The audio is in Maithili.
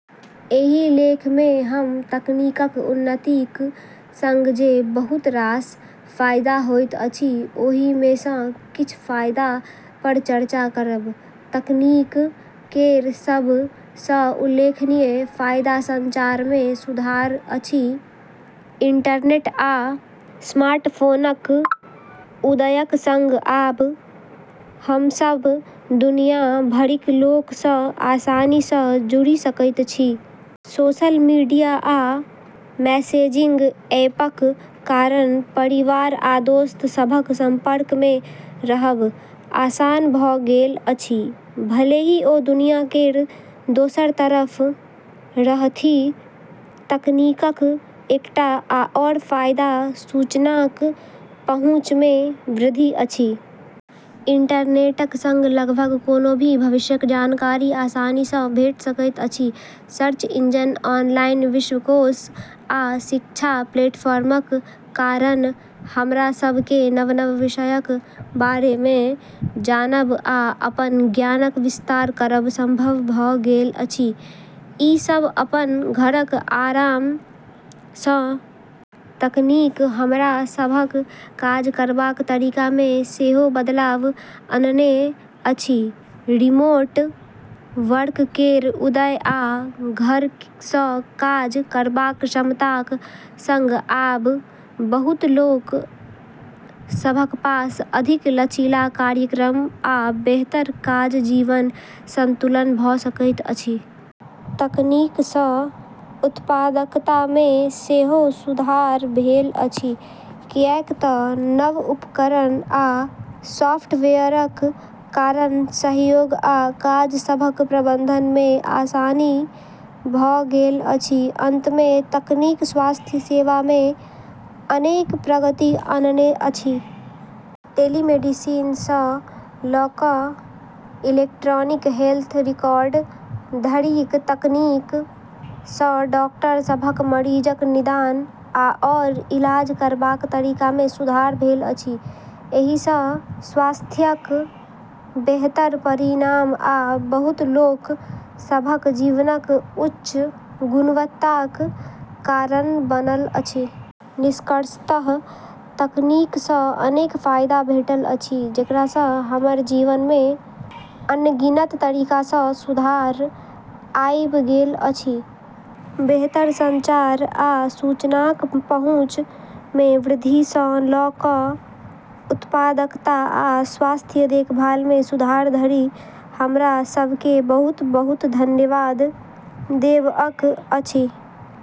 एहि लेख मे हम तकनीकक उन्नतिक सँग जे बहुत रास फायदा होइत अछि ओहि मे सँ किछ फायदा पर चर्चा करब। तकनीक केर सब सँ उल्लेखनीय फायदा संचार मे सुधार अछि। इंटरनेट आ स्मार्टफोनक उदयक सँग आब हम सभ दुनिया भरिक लोक सँ आसानी सँ जुड़ि सकैत छी। सोशल मीडिया आ मैसेजिंग ऐपक कारण परिवार आ दोस्त सभक संपर्क मे रहब आसान भऽ गेल अछि, भले ही ओ दुनिया केर दोसर तरफ रहथि। तकनीकक एकटा आओर फायदा सूचनाक पहुँच मे वृद्धि अछि। इंटरनेटक सँग लगभग कोनो भी विषयक जानकारी आसानी सँ भेट सकैत अछि। सर्च इंजन, ऑनलाइन विश्वकोश, आ शिक्षा प्लेटफॉर्मक कारण हमरा सभ केँ नव-नव विषयक बारे मे जानब आ अपन ज्ञानक विस्तार करब संभव भऽ गेल अछि, ई सभ अपन घरक आराम सँ। तकनीक हमरा सभक काज करबाक तरीका मे सेहो बदलाव आनने अछि। रिमोट वर्क केर उदय आ घर सँ काज करबाक क्षमताक सँग आब बहुत लोक सभक पास अधिक लचीला कार्यक्रम आ बेहतर काज-जीवन संतुलन भऽ सकैत अछि। तकनीक सँ उत्पादकता मे सेहो सुधार भेल अछि, किएक तँ नव उपकरण आ सॉफ्टवेयरक कारण सहयोग आ काज सभक प्रबंधन मे आसानी भऽ गेल अछि। अंत मे, तकनीक स्वास्थ्य सेवा मे अनेक प्रगति आनने अछि। टेलीमेडिसिन सँ लऽ कऽ इलेक्ट्रॉनिक हेल्थ रिकॉर्ड धरिक तकनीक सँ डॉक्टर सभक मरीजक निदान आओर इलाज करबाक तरीका मे सुधार भेल अछि। एहि सँ स्वास्थ्यक बेहतर परिणाम आ बहुत लोक सभक जीवनक उच्च गुणवत्ताक कारण बनल अछि। निष्कर्षतः तकनीक सँ अनेक फायदा भेटल अछि जेकरा सँ हमर जीवन मे अनगिनत तरीका सँ सुधार आइब गेल अछि। बेहतर संचार आ सूचनाक पहुँच मे वृद्धि सँ लऽ कऽ उत्पादकता आ स्वास्थ्य देखभाल मे सुधार धरि, हमरा सभ केँ बहुत-बहुत धन्यवाद देबअक अछि।